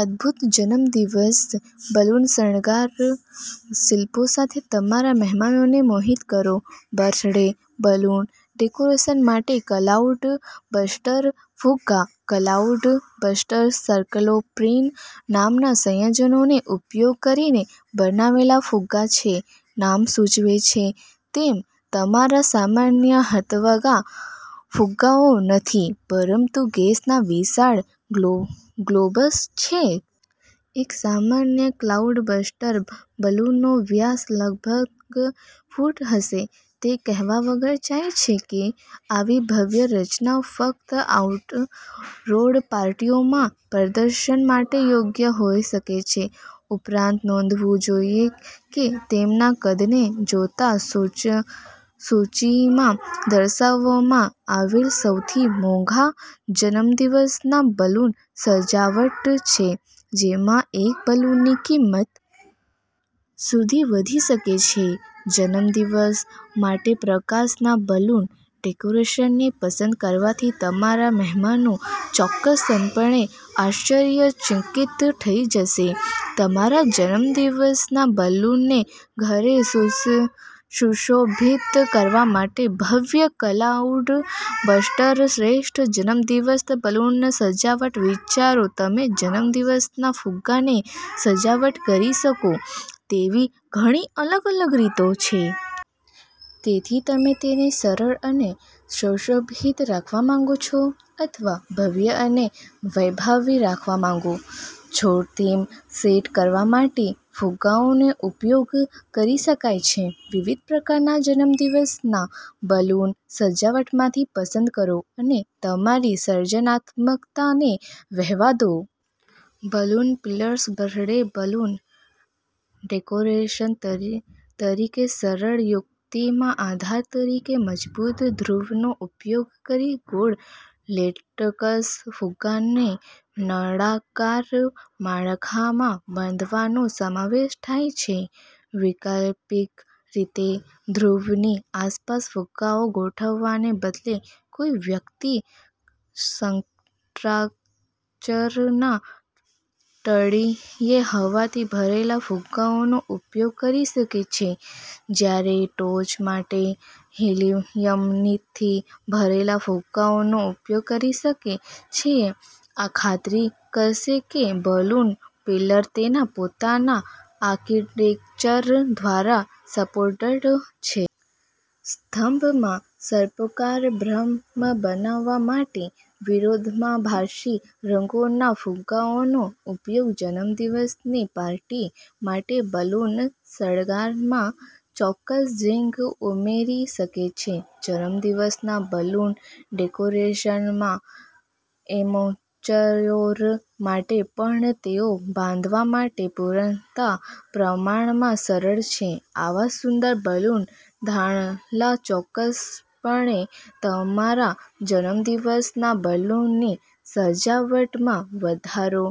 અદ્ભુત જન્મદિવસ બલૂન શણગાર શિલ્પો સાથે તમારા મહેમાનોને મોહિત કરો. બર્થડે બલૂન ડેકોરેશન માટે ક્લાઉડબસ્ટર ફુગ્ગા ક્લાઉડબસ્ટર્સક્લોરોપ્રીન નામના સંયોજનનો ઉપયોગ કરીને બનાવેલા ફુગ્ગા છે. નામ સૂચવે છે તેમ, તમારા સામાન્ય હાથવગા ફુગ્ગાઓ નથી, પરંતુ ગેસના વિશાળ ગ્લોબ્સ છે. એક સામાન્ય ક્લાઉડબસ્ટર બલૂનનો વ્યાસ લગભગ ફૂટ હશે. તે કહેવા વગર જાય છે કે આવી ભવ્ય રચનાઓ ફક્ત આઉટડોર પાર્ટીઓમાં પ્રદર્શન માટે યોગ્ય હોઈ શકે છે. ઉપરાંત, નોંધવું જોઈએ કે તેમના કદને જોતાં, સૂચિમાં દર્શાવવામાં આવેલસૌથી મોંઘા જન્મદિવસના બલૂન સજાવટ છે, જેમાં એક બલૂનની કિંમત રૂ. સુધી વધી શકે છે. જન્મદિવસ માટેપ્રકારના બલૂન ડેકોરેશનને પસંદ કરવાથી તમારા મહેમાનો ચોક્કસપણે આશ્ચર્યચકિત થઈ જશે. તમારા જન્મદિવસના બલૂનને ઘરે સુશોભિત કરવા માટે ભવ્ય ક્લાઉડબસ્ટર્સ શ્રેષ્ઠ જન્મદિવસ બલૂન સજાવટ વિચારો તમે જન્મદિવસના ફુગ્ગાને સજાવટ કરી શકો તેવી ઘણી અલગ અલગ રીતો છે. તેથી તમે તેને સરળ અને સુશોભિત રાખવા માંગો છો, અથવા ભવ્ય અને વૈભવી રાખવા માંગો છોથીમ સેટ કરવા માટે ફુગ્ગાઓનો ઉપયોગ કરી શકાય છે. વિવિધ પ્રકારના જન્મદિવસના બલૂન સજાવટમાંથી પસંદ કરો અને તમારી સર્જનાત્મકતાને વહેવા દો. Balloon pillars birthday balloon decoration તરીકેસરળ યુક્તિમાં આધાર તરીકે મજબૂત ધ્રુવનો ઉપયોગ કરીને ગોળ લેટેક્સ ફુગ્ગાને નળાકાર માળખામાં બાંધવાનો સમાવેશ થાય છે. વૈકલ્પિક રીતે, ધ્રુવની આસપાસ ફુગ્ગાઓ ગોઠવવાને બદલે, કોઈ વ્યક્તિ સ્ટ્રક્ચરના તળિયે હવાથી ભરેલા ફુગ્ગાઓનો ઉપયોગ કરી શકે છે જ્યારે ટોચ માટે હિલિયમથી ભરેલા ફુગ્ગાઓનો ઉપયોગ કરી શકે છેઆ ખાતરી કરશે કે બલૂન પિલર તેના પોતાના આર્કિટેક્ચર દ્વારા સપોર્ટેડ છે. સ્તંભમાં સર્પાકાર ભ્રમ બનાવવા માટે વિરોધાભાસી રંગોના ફુગ્ગાઓનો ઉપયોગ જન્મદિવસની પાર્ટી માટે બલૂન શણગારમાં ચોક્કસ ઝિંગ ઉમેરી શકે છે. જન્મદિવસના બલૂન ડેકોરેશનમાં એમેચ્યોર માટે પણ તેઓ બાંધવા માટે પૂરતા પ્રમાણમાં સરળ છે. આવા સુંદર બલૂન થાંભલા ચોક્કસપણે તમારા જન્મદિવસના બલૂનની સજાવટમાં વધારો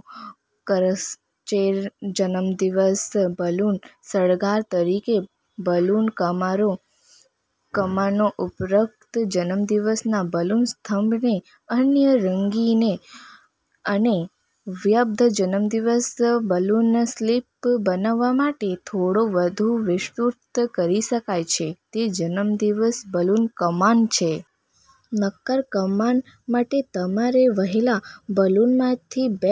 કરશેજન્મદિવસ બલૂન શણગાર તરીકે બલૂન કમાનો ઉપરોક્ત જન્મદિવસના બલૂન સ્તંભને અન્ય રંગીન અને ભવ્ય જન્મદિવસ બલૂન શિલ્પ બનાવવા માટે થોડો વધુ વિસ્તૃત કરી શકાય છે, તે જન્મદિવસની બલૂન કમાન છે. નક્કર કમાન માટે તમારે પહેલા બલૂનમાંથી બે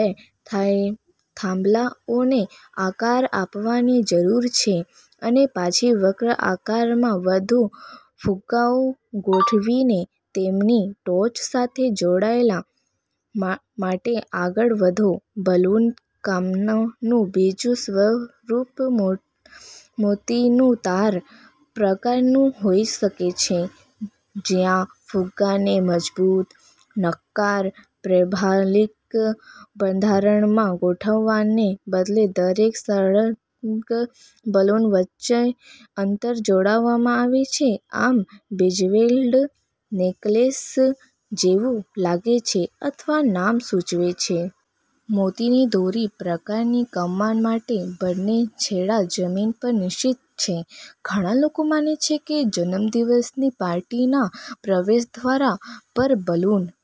થાંભલાઓને આકાર આપવાની જરૂર છે અને પછી વક્ર આકારમાં વધુ ફુગ્ગાઓ ગોઠવીને તેમની ટોચ સાથે જોડાવા માટે આગળ વધો. બલૂન કમાનનું બીજું સ્વરૂપ "મોતીનું તાર" પ્રકારનું હોઈ શકે છે જ્યાં ફુગ્ગાને મજબૂત, નક્કર પેરાબોલિક બંધારણમાં ગોઠવવાને બદલે, દરેક સળંગ બલૂન વચ્ચે અંતર જાળવવામાં આવે છે, આમ બિજ્વેલ્ડ નેકલેસ જેવું લાગે છે, અથવા નામ સૂચવે છે. મોતીની દોરી. પ્રકારની કમાન માટે, બંને છેડા જમીન પર નિશ્ચિત છે. ઘણા લોકો માને છે કે જન્મદિવસની પાર્ટીના પ્રવેશદ્વાર પર બલૂન